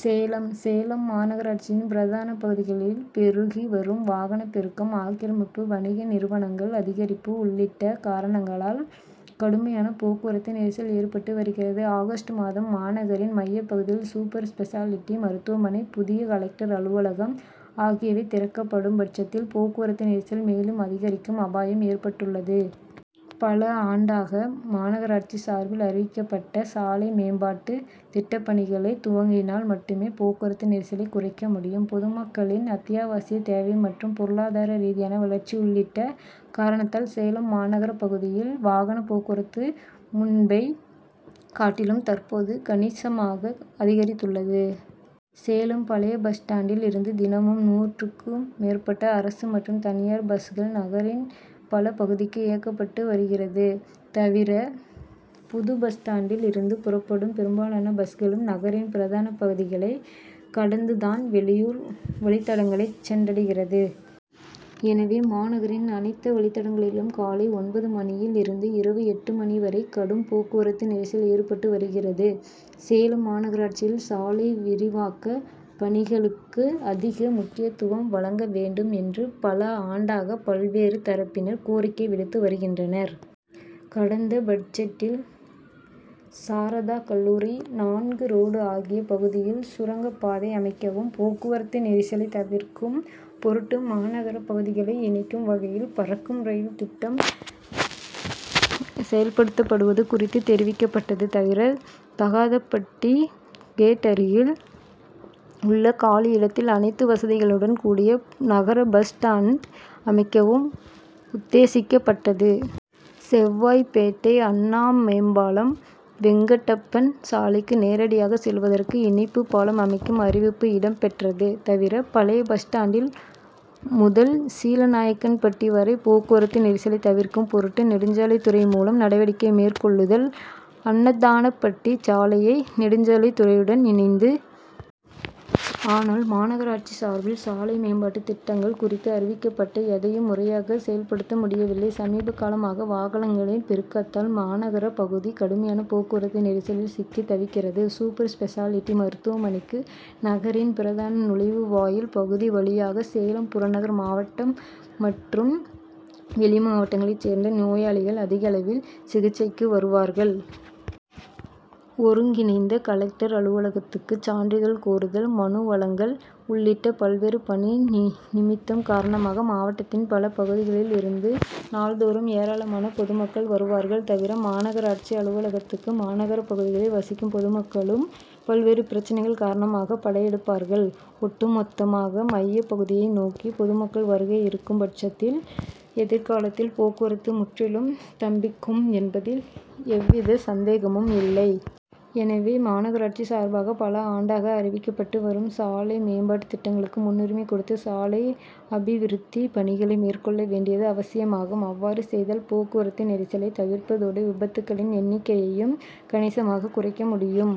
சேலம் சேலம் மாநகராட்சியின் பிரதான பகுதிகளில் பெருகி வரும் வாகன பெருக்கம், ஆக்கிரமிப்பு, வணிக நிறுவனங்கள் அதிகரிப்பு உள்ளிட்ட காரணங்களால் கடுமையான போக்குவரத்து நெரிசல் ஏற்பட்டு வருகிறது. ஆகஸ்ட் மாதம் மாநகரின் மைய பகுதியில் சூப்பர் ஸ்பெஷாலிட்டி மருத்துவமனை, புதிய கலெக்டர் அலுவலகம் ஆகியவை திறக்கப்படும் பட்சத்தில் போக்குவரத்து நெரிசல் மேலும் அதிகரிக்கும் அபாயம் ஏற்பட்டுள்ளது. பல ஆண்டாக மாநகராட்சி சார்பில் அறிவிக்கப்பட்ட சாலை மேம்பாட்டு திட்டப்பணிகளை துவக்கினால் மட்டுமே போக்குவரத்து நெரிசலை குறைக்க முடியும். பொதுமக்களின் அத்தியாவசிய தேவை மற்றும் பொருளாதார ரீதியான வளர்ச்சி உள்ளிட்ட காரணத்தால் சேலம் மாநகர பகுதியில் வாகன போக்குவரத்து முன்பை காட்டிலும் தற்போது கணிசமாக அதிகரித்துள்ளது. சேலம் பழைய பஸ் ஸ்டாண்டில் இருந்து தினமும் நூற்றுக்கும் மேற்பட்ட அரசு மற்றும் தனியார் பஸ்கள் நகரின் பல பகுதிக்கு இயக்கப்பட்டு வருகிறது. தவிர, புது பஸ் ஸ்டாண்டில் இருந்து புறப்படும் பெரும்பாலான பஸ்களும் நகரின் பிரதான பகுதிகளை கடந்து தான் வெளியூர் வழித்தடங்களை சென்றடைகிறது. எனவே, மாநகரின் அனைத்த வழித்தடங்களிலும் காலை ஒன்பது மணியில் இருந்து இரவு எட்டு மணி வரை கடும் போக்குவரத்து நெரிசல் ஏற்பட்டு வருகிறது. சேலம் மாநகராட்சியில் சாலை விரிவாக்க பணிகளுக்கு அதிக முக்கியத்துவம் வழங்க வேண்டும் என்று பல ஆண்டாக பல்வேறு தரப்பினர் கோரிக்கை விடுத்து வருகின்றனர். கடந்த பட்ஜெட்டில் சாரதா கல்லூரி, நான்கு ரோடு ஆகிய பகுதியில் சுரங்கப்பாதை அமைக்கவும், போக்குவரத்து நெரிசலை தவிர்க்கும் பொருட்டு மாநகர பகுதிகளை இணைக்கும் வகையில் பறக்கும் ரயில் திட்டம் செயல்படுத்துவது குறித்து தெரிவிக்கப்பட்டது. தவிர, தாதகாப்பட்டி கேட் அருகில் உள்ள காலி இடத்தில் அனைத்து வசதிகளுடன் கூடிய நகர பஸ் ஸ்டாண்ட் அமைக்கவும் உத்தேசிக்கப்பட்டது. செவ்வாய்ப்பேட்டை அண்ணா மேம்பாலம்-வெங்கடப்பன் சாலைக்கு நேரடியாக செல்வதற்கு இணைப்பு பாலம் அமைக்கும் அறிவிப்பு இடம் பெற்றது. தவிர, பழைய பஸ் ஸ்டாண்டில் முதல் சீலநாயக்கன்பட்டி வரை போக்குவரத்து நெரிசலை தவிர்க்கும் பொருட்டு நெடுஞ்சாலை துறை மூலம் நடவடிக்கை மேற்கொள்ளுதல், அன்னதானப்பட்டி சாலையை நெடுஞ்சாலை துறையுடன் இணைந்து ஆனால், மாநகராட்சி சார்பில் சாலை மேம்பாட்டு திட்டங்கள் குறித்து அறிவிக்கப்பட்ட எதையும் முறையாக செயல்படுத்த முடியவில்லை. சமீபகாலமாக வாகனங்களின் பெருக்கத்தால் மாநகர பகுதி கடுமையான போக்குவரத்து நெரிசலில் சிக்கி தவிக்கிறது. சூப்பர் ஸ்பெஷாலிட்டி மருத்துவனைக்கு நகரின் பிரதான நுழைவு வாயில் பகுதி வழியாக சேலம் புறநகர் மாவட்டம் மற்றும் வெளி மாவட்டங்களை சேர்ந்த நோயாளிகள் அதிகளவில் சிகிச்சைக்காக வருவார்கள். ஒருங்கிணைந்த கலெக்டர் அலுவலகத்துக்கு சான்றிதழ் கோருதல், மனு வழங்கல் உள்ளிட்ட பல்வேறு பணி நிமித்தம் காரணமாக, மாவட்டத்தின் பல பகுதிகளில் இருந்து நாள்தோறும் ஏராளமான பொதுமக்கள் வருவார்கள். தவிர, மாநகராட்சி அலுவலகத்துக்கு மாநகர பகுதியில் வசிக்கும் பொதுமக்களும் பல்வேறு பிரச்னைகள் காரணமாக படையெடுப்பார்கள். ஒட்டு மொத்தமாக மைய பகுதியை நோக்கி பொதுமக்கள் வருகை இருக்கும் பட்சத்தில் எதிர்காலத்தில் போக்குவரத்து முற்றிலும் ஸ்தம்பிக்கும் என்பதில் எந்தவித சந்தேகமும் இல்லை. எனவே, மாநகராட்சி சார்பாக பல ஆண்டாக அறிவிக்கப்பட்டு வரும் சாலை மேம்பாட்டு திட்டங்களுக்கு முன்னுரிமை கொடுத்து, சாலை அபிவிருத்தி பணிகளை மேற்கொள்ள வேண்டியது அவசியமாகும். அவ்வாறு செய்தால் போக்குவரத்து நெரிசலை தவிர்ப்பதோடு, விபத்துக்களின் எண்ணிக்கையையும் கணிசமாக குறைக்க முடியும்.